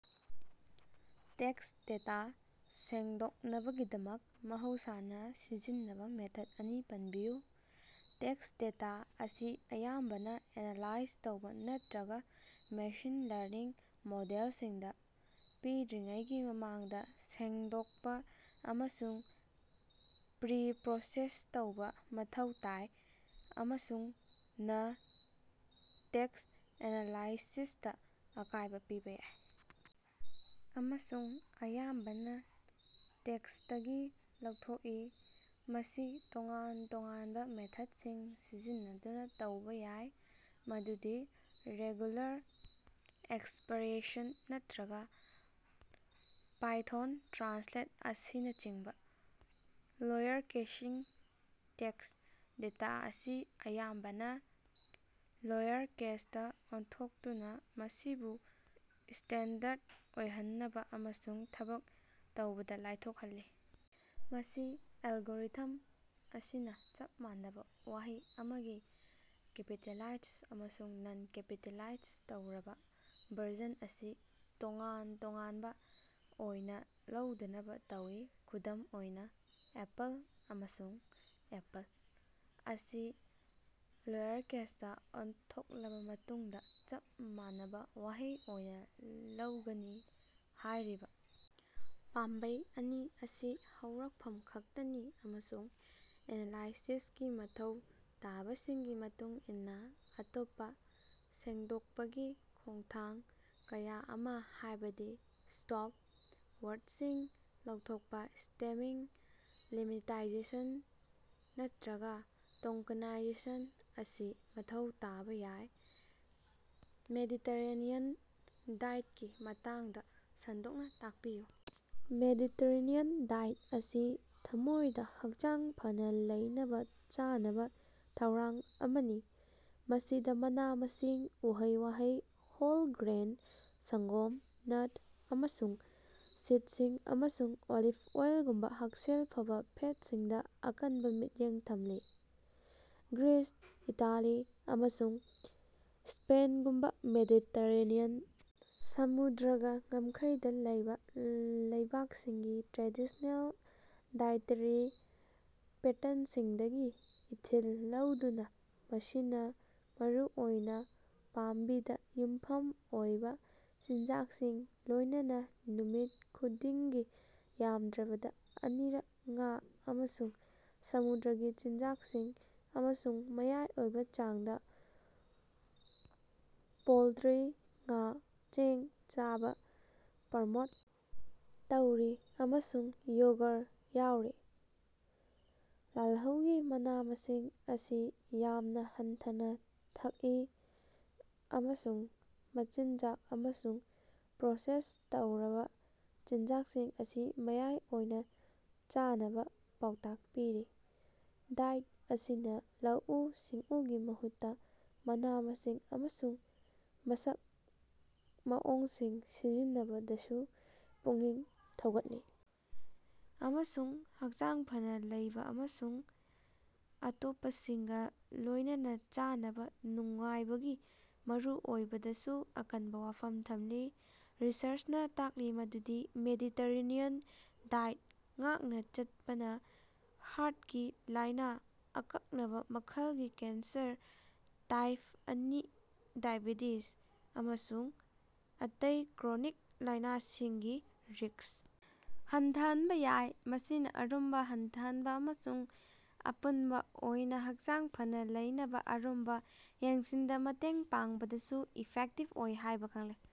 Tax data ꯁꯦꯡꯗꯣꯛꯅꯕꯒꯤꯗꯃꯛ ꯃꯍꯧꯁꯥꯅ ꯁꯤꯖꯤꯟꯅꯕ ꯃꯦꯊꯗ ꯑꯅꯤ ꯄꯟꯕꯤꯌꯨ꯫ ꯇꯦꯛꯁ ꯗꯦꯇꯥ ꯑꯁꯤ ꯑꯌꯥꯝꯕꯅ ꯑꯦꯅꯥꯂꯥꯏꯖ ꯇꯧꯕ ꯅꯠꯇꯔꯒꯥ ꯃꯦꯁꯤꯟ ꯂꯔꯅꯤꯡ ꯃꯣꯗꯦꯜꯁꯤꯡꯗ ꯄꯤꯗ꯭ꯔꯤꯉꯩꯒꯤ ꯃꯃꯥꯡꯗ ꯁꯦꯡꯗꯣꯛꯄ ꯑꯃꯁꯨꯡ ꯄ꯭ꯔꯤꯄꯔꯣꯁꯦꯁ ꯇꯧꯕ ꯃꯊꯧ ꯇꯥꯏ꯫ ꯑꯃꯁꯨꯡ ꯅ ꯇꯦꯛꯁ ꯑꯦꯅꯥꯂꯥꯏꯁꯤꯁꯇꯥ ꯑꯀꯥꯏꯕ ꯄꯤꯕ ꯌꯥꯏ ꯑꯃꯁꯨꯡ ꯑꯌꯥꯝꯕꯅ ꯇꯦꯛꯁꯇꯒꯤ ꯂꯧꯊꯣꯛꯏ꯫ ꯃꯁꯤ ꯇꯣꯉꯥꯟ ꯇꯣꯉꯥꯟꯕ ꯃꯦꯊꯗꯁꯤꯡ ꯁꯤꯖꯤꯟꯅꯗꯨꯅ ꯇꯧꯕ ꯌꯥꯏ, ꯃꯗꯨꯗꯤ ꯔꯦꯒꯨꯂꯥꯔ ꯑꯦꯛꯁꯄꯔꯦꯁꯟ ꯅꯠꯇꯔꯒꯥ ꯄꯥꯏꯊꯣꯟꯗ ꯇ꯭ꯔꯥꯟꯁꯂꯦꯠ ꯑꯁꯤꯅꯆꯤꯡꯕ꯫ ꯂꯣꯌꯔꯀꯦꯁꯤꯡ ꯇꯦꯛꯁ ꯗꯦꯇꯥ ꯑꯁꯤ ꯑꯌꯥꯝꯕꯅ ꯂꯣꯌꯔ ꯀꯦꯁꯇ ꯑꯣꯟꯊꯣꯛꯇꯨꯅ ꯃꯁꯤꯕꯨ ꯁ꯭ꯇꯦꯟꯗꯔꯗ ꯑꯣꯏꯍꯟꯅꯕ ꯑꯃꯁꯨꯡ ꯊꯕꯛ ꯇꯧꯕꯗ ꯂꯥꯏꯊꯣꯛꯍꯜꯂꯤ꯫ ꯃꯁꯤ ꯑꯦꯂꯒꯣꯔꯤꯊꯝ ꯑꯁꯤꯅ ꯆꯞ ꯃꯥꯟꯅꯕ ꯋꯥꯍꯩ ꯑꯃꯒꯤ ꯀꯦꯄꯤꯇꯦꯂꯥꯏꯖ ꯑꯃꯁꯨꯡ ꯅꯟ-ꯀꯦꯄꯤꯇꯦꯂꯥꯏꯖ ꯇꯧꯔꯕ ꯚꯔꯖꯟ ꯑꯁꯤ ꯇꯣꯉꯥꯟ ꯇꯣꯉꯥꯟꯕ ꯑꯣꯏꯅ ꯂꯧꯗꯅꯕ ꯇꯧꯏ, ꯈꯨꯗꯝ ꯑꯣꯏꯅ, 'ꯑꯦꯄꯜ' ꯑꯃꯁꯨꯡ 'ꯑꯦꯄꯜ' ꯑꯁꯤ ꯂꯣꯌꯔꯀꯦꯁꯇꯥ ꯑꯣꯟꯊꯣꯛꯂꯕ ꯃꯇꯨꯡꯗ ꯆꯞ ꯃꯥꯟꯅꯕ ꯋꯥꯍꯩ ꯑꯣꯏꯅ ꯂꯧꯒꯅꯤ꯫ ꯍꯥꯏꯔꯤꯕ ꯄꯥꯝꯕꯩ ꯑꯅꯤ ꯑꯁꯤ ꯍꯧꯔꯛꯐꯝ ꯈꯛꯇꯅꯤ ꯑꯃꯁꯨꯡ ꯑꯦꯅꯥꯂꯥꯏꯁꯤꯁꯀꯤ ꯃꯊꯧ ꯇꯥꯕꯁꯤꯡꯒꯤ ꯃꯇꯨꯡ ꯏꯟꯅ, ꯑꯇꯣꯞꯄ ꯁꯦꯡꯗꯣꯛꯄꯒꯤ ꯈꯣꯉꯊꯥꯡ ꯀꯌꯥ ꯑꯃ, ꯍꯥꯏꯕꯗꯤ ꯏꯁ꯭ꯇꯣꯞ ꯋꯥꯔꯗꯁꯤꯡ ꯂꯧꯊꯣꯛꯄ, ꯁ꯭ꯇꯦꯃꯤꯡ, ꯂꯦꯝꯃꯦꯇꯥꯏꯖꯦꯁꯟ, ꯅꯠꯇꯔꯒꯥ ꯇꯣꯀꯟꯅꯥꯏꯖꯦꯁꯟ ꯑꯁꯤ ꯃꯊꯧ ꯇꯥꯕ ꯌꯥꯏ꯫ ꯃꯦꯗꯤꯇꯦꯔꯦꯅꯤꯌꯟ ꯗꯥꯏꯇꯀꯤ ꯃꯇꯥꯡꯗ ꯁꯟꯗꯣꯛꯅ ꯇꯥꯛꯄꯤꯌꯨ꯫ ꯃꯦꯗꯤꯇꯦꯔꯦꯅꯤꯌꯟ ꯗꯥꯏꯠ ꯑꯁꯤ ꯊꯝꯃꯣꯏꯗ ꯍꯛꯆꯥꯡ ꯐꯅ ꯂꯩꯅꯕ ꯆꯥꯅꯕ ꯊꯧꯔꯥꯡ ꯑꯃꯅꯤ, ꯃꯁꯤꯗ ꯃꯅꯥ-ꯃꯁꯤꯡ, ꯎꯍꯩ-ꯋꯥꯍꯩ, ꯍꯣꯜ ꯒ꯭ꯔꯦꯟ, ꯁꯪꯒꯣꯝ, ꯅꯠ ꯑꯃꯁꯨꯡ ꯁꯤꯗꯁꯤꯡ, ꯑꯃꯁꯨꯡ ꯑꯣꯂꯤꯚ ꯑꯣꯏꯜꯒꯨꯝꯕ ꯍꯛꯁꯦꯜ ꯐꯕ ꯐꯦꯠꯁꯤꯡꯗ ꯑꯀꯟꯕ ꯃꯤꯠꯌꯦꯡ ꯊꯝꯂꯤ꯫ ꯒ꯭ꯔꯤꯁ, ꯏꯇꯥꯂꯤ, ꯑꯃꯁꯨꯡ ꯏꯁ꯭ꯄꯦꯉꯨꯝꯕꯥ ꯃꯦꯗꯤꯇꯦꯔꯦꯅꯤꯌꯟ ꯁꯃꯨꯗ꯭ꯔꯒꯥ ꯉꯝꯈꯩꯗ ꯂꯩꯕ ꯂꯩꯕꯥꯛꯁꯤꯡꯒꯤ ꯇ꯭ꯔꯦꯗꯤꯁ꯭ꯅꯦꯜ ꯗꯥꯏꯑꯦꯇꯦꯔꯤ ꯄꯦꯇꯔꯟꯁꯤꯡꯗꯒꯤ ꯏꯊꯤꯜ ꯂꯧꯗꯨꯅ ꯃꯁꯤꯅ ꯃꯔꯨꯑꯣꯏꯅ ꯄꯥꯝꯕꯤꯗ ꯌꯨꯝꯐꯝ ꯑꯣꯏꯕ ꯆꯤꯟꯖꯥꯛꯁꯤꯡ, ꯂꯣꯏꯅꯅ ꯅꯨꯃꯤꯠ ꯈꯨꯗꯤꯡꯒꯤ ꯌꯥꯝꯗ꯭ꯔꯕꯗ ꯑꯅꯤꯔꯛ ꯉꯥ ꯑꯃꯁꯨꯡ ꯁꯃꯨꯗ꯭ꯔꯒꯤ ꯆꯤꯟꯖꯥꯛꯁꯤꯡ, ꯑꯃꯁꯨꯡ ꯃꯌꯥꯏ ꯑꯣꯏꯕ ꯆꯥꯡꯗ ꯄꯣꯜꯇꯔꯤ, ꯉꯥ, ꯆꯦꯡ ꯆꯥꯕ ꯄ꯭ꯔꯃꯣꯠ ꯇꯧꯔꯤ꯫ ꯑꯃꯁꯨꯡ ꯌꯣꯒꯔ ꯌꯥꯑꯣꯔꯤ꯫ ꯂꯥꯜꯍꯧꯒꯤ ꯃꯅꯥ-ꯃꯁꯤꯡ ꯑꯁꯤ ꯌꯥꯝꯅ ꯍꯟꯊꯅ ꯊꯛꯏ, ꯑꯃꯁꯨꯡ ꯃꯆꯤꯟꯖꯥꯛ ꯑꯃꯁꯨꯡ ꯄ꯭ꯔꯣꯁꯦꯁ ꯇꯧꯔꯕ ꯆꯤꯟꯖꯥꯛꯁꯤꯡ ꯑꯁꯤ ꯃꯌꯥꯏ ꯑꯣꯏꯅ ꯆꯥꯅꯕ ꯄꯥꯎꯇꯥꯛ ꯄꯤꯔꯤ꯫ ꯗꯥꯏꯠ ꯑꯁꯤꯅ ꯂꯧꯎ-ꯁꯤꯡꯎꯒꯤ ꯃꯍꯨꯠꯇ ꯃꯅ-ꯃꯁꯤꯡ ꯑꯃꯁꯨꯡ ꯃꯁꯛ ꯃꯑꯣꯡꯁꯤꯡ ꯁꯤꯖꯤꯟꯅꯕꯗꯁꯨ ꯄꯨꯛꯅꯤꯡ ꯊꯧꯒꯠꯂꯤ, ꯑꯃꯁꯨꯡ ꯍꯛꯆꯥꯡ ꯐꯅ ꯂꯩꯕ ꯑꯃꯁꯨꯡ ꯑꯇꯣꯞꯄꯁꯤꯡꯒꯥ ꯂꯣꯏꯅꯅ ꯆꯥꯅꯕ ꯅꯨꯡꯉꯥꯏꯕꯒꯤ ꯃꯔꯨꯑꯣꯏꯕꯗꯁꯨ ꯑꯀꯟꯕ ꯋꯥꯐꯝ ꯊꯝꯂꯤ꯫ ꯔꯤꯁꯔꯆꯅ ꯇꯥꯛꯂꯤ ꯃꯗꯨꯗꯤ ꯃꯦꯗꯤꯇꯦꯔꯦꯅꯤꯌꯟ ꯗꯥꯏꯠ ꯉꯥꯛꯅ ꯆꯠꯄꯅ ꯍꯥꯔꯇꯀꯤ ꯂꯥꯏꯅ, ꯑꯀꯛꯅꯕ ꯃꯈꯜꯒꯤ ꯀꯦꯟꯁꯔ, ꯇꯥꯏꯞ ꯑꯅꯤ ꯗꯥꯏꯕꯦꯇꯤꯁ ꯑꯃꯁꯨꯡ ꯑꯇꯩ ꯀ꯭ꯔꯣꯅꯤꯛ ꯂꯥꯏꯅꯁꯤꯡꯒꯤ ꯔꯤꯛꯁ ꯍꯟꯊꯍꯟꯕ ꯌꯥꯏ꯫ ꯃꯁꯤꯅ ꯑꯔꯨꯝꯕ ꯍꯟꯊꯍꯟꯕ ꯑꯃꯁꯨꯡ ꯑꯄꯨꯟꯕ ꯑꯣꯏꯅ ꯍꯛꯆꯥꯡ ꯐꯅꯥ ꯂꯩꯅꯕ ꯑꯔꯨꯝꯕ ꯌꯦꯡꯁꯤꯟꯗ ꯃꯇꯦꯡ ꯄꯥꯡꯕꯗꯁꯨ ꯏꯐꯦꯛꯇꯤꯕ ꯑꯣꯏ ꯍꯥꯏꯕ ꯈꯪꯂꯦ꯫